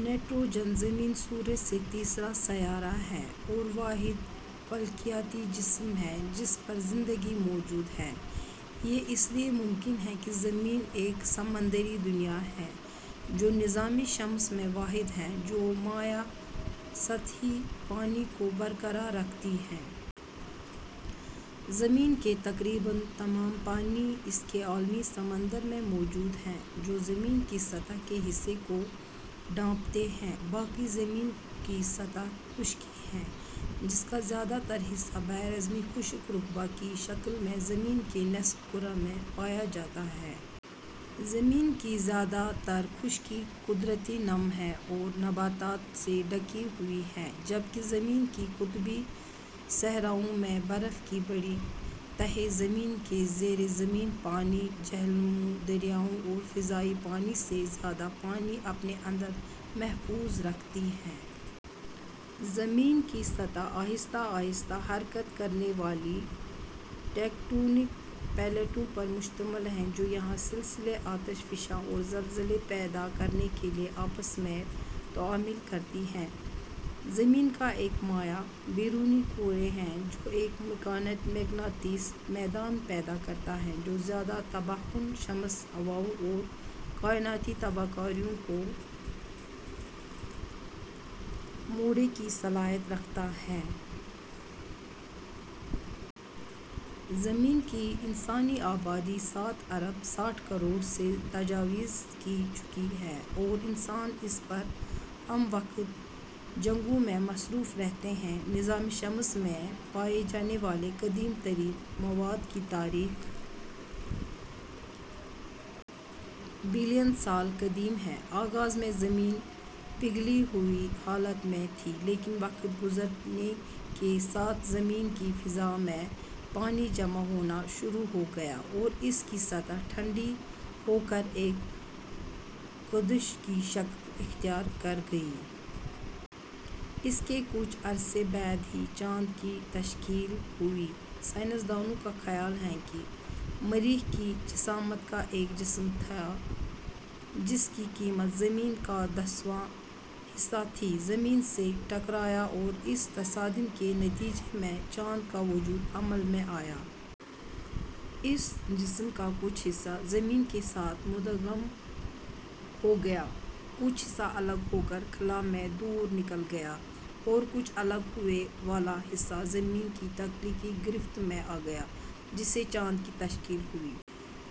Nitrogen زمین سورج سے تیسرا سیارہ ہے اور واحد فلکیاتی جسم ہے جس پر زندگی موجود ہے۔ یہ اس لیے ممکن ہے کہ زمین ایک سمندری دنیا ہے، جو نظام شمسی میں واحد ہے جو مائع سطحی پانی کو برقرار رکھتی ہے۔ زمین کے تقریباً تمام پانی اس کے عالمی سمندر میں موجود ہیں، جو زمین کی سطح کے حصے کو ڈھانپتے ہیں۔ باقی زمین کی سطح خشکی ہے، جس کا زیادہ تر حصہ براعظمی خشک رقبہ کی شکل میں زمین کے نصف کرہ میں پایا جاتا ہے۔ زمین کی زیادہ تر خشکی قدرے نم ہے اور نباتات سے ڈھکی ہوئی ہے، جبکہ زمین کے قطبی صحراؤں میں برف کی بڑی تہیں زمین کے زیرِ زمین پانی ، جھیلوں، دریاؤں اور فضائی پانی سے زیادہ پانی اپنے اندر محفوظ رکھتی ہیں۔ زمین کی سطح آہستہ آہستہ حرکت کرنے والی ٹیکٹونک پلیٹوں پر مشتمل ہے، جو پہاڑی سلسلے، آتش فشاں اور زلزلے پیدا کرنے کے لیے آپس میں تعامل کرتی ہیں۔ زمین کا ایک مائع بیرونی کور ہے جو ایک مقناطیسی میدان پیدا کرتا ہے جو زیادہ تر تباہ کن شمسی ہواؤں اور کائناتی تابکاری کو موڑنے کی صلاحیت رکھتا ہے. زمین کی انسانی آبادی سات ارب ساٹھ کروڑ سے تجاوز کر چکی ہے۔ اور انسان اس پر ہمہ وقت جنگوں میں مصروف رہتے ہیں۔ نظام شمسی میں پائے جانے والے قدیم ترین مواد کی تاریخ.. بلین سال قدیم ہے۔ آغاز میں زمین پگھلی ہوئی حالت میں تھی لیکن وقت گزرنے کے ساتھ زمین کی فضا میں پانی جمع ہونا شروع ہو گیا اور اس کی سطح ٹھنڈی ہو کر ایک قرش کی شکل اختیار کر گئی۔ اس کے کچھ عرصہ بعد ہی چاند کی تشکیل ہوئی۔ سائنسدانوں کا خیال ہے کہ مریخ کی جسامت کا ایک جسم تھیا ، جس کی کمیت زمین کا دسواں حصہ تھی، زمین سے ٹکرایا اور اس تصادم کے نتیجے میں چاند کا وجود عمل میں آیا۔ اس جسم کا کچھ حصہ زمین کے ساتھ مدغم ہو گیا، کچھ حصہ الگ ہو کر خلا میں دور نکل گیا اور کچھ الگ ہونے والا حصہ زمین کی ثقلی گرفت میں آگیا جس سے چاند کی تشکیل ہوئی۔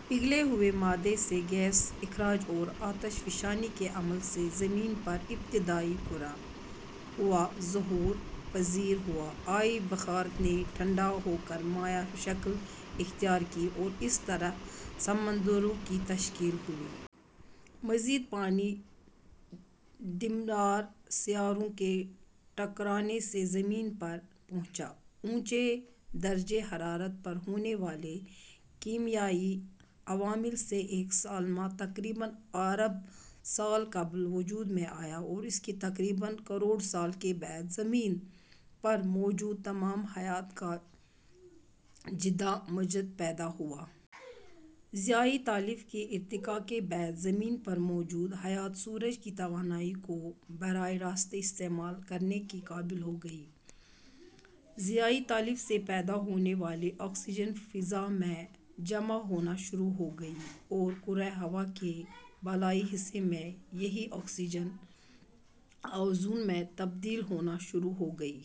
پگھلے ہوئے مادے سے گیسی اخراج اور آتش فشانی کے عمل سے زمین پر ابتدائی کرہ ہوا ظہور پزیر ہوا۔ آبی بخارات نے ٹھنڈا ہو کر مائع شکل اختیار کی اور اس طرح سمندروں کی تشکیل ہوئی۔ مزید پانی دمدار سیاروں کے ٹکرانے سے زمین پر پہنچا۔ اونچے درجہ حرارت پر ہونے والے کیمیائی عوامل سے ایک سالمہ تقریباً ارب سال قبل وجود میں آیا اور اس کے تقریباً کروڑ سال کے بعد زمین پر موجود تمام حیات کا جد امجد پیدا ہوا۔ ضیائی تالیف کے ارتقا کے بعد زمین پر موجود حیات سورج کی توانائی کو براہ راست استعمال کرنے کے قابل ہو گئی۔ ضیائی تالیف سے پیدا ہونے والی آکسیجن فضاء میں جمع ہونا شروع ہو گئی اور کرہ ہوا کے بالائی حصے میں یہی آکسیجن اوزون میں تبدیل ہونا شروع ہو گئی۔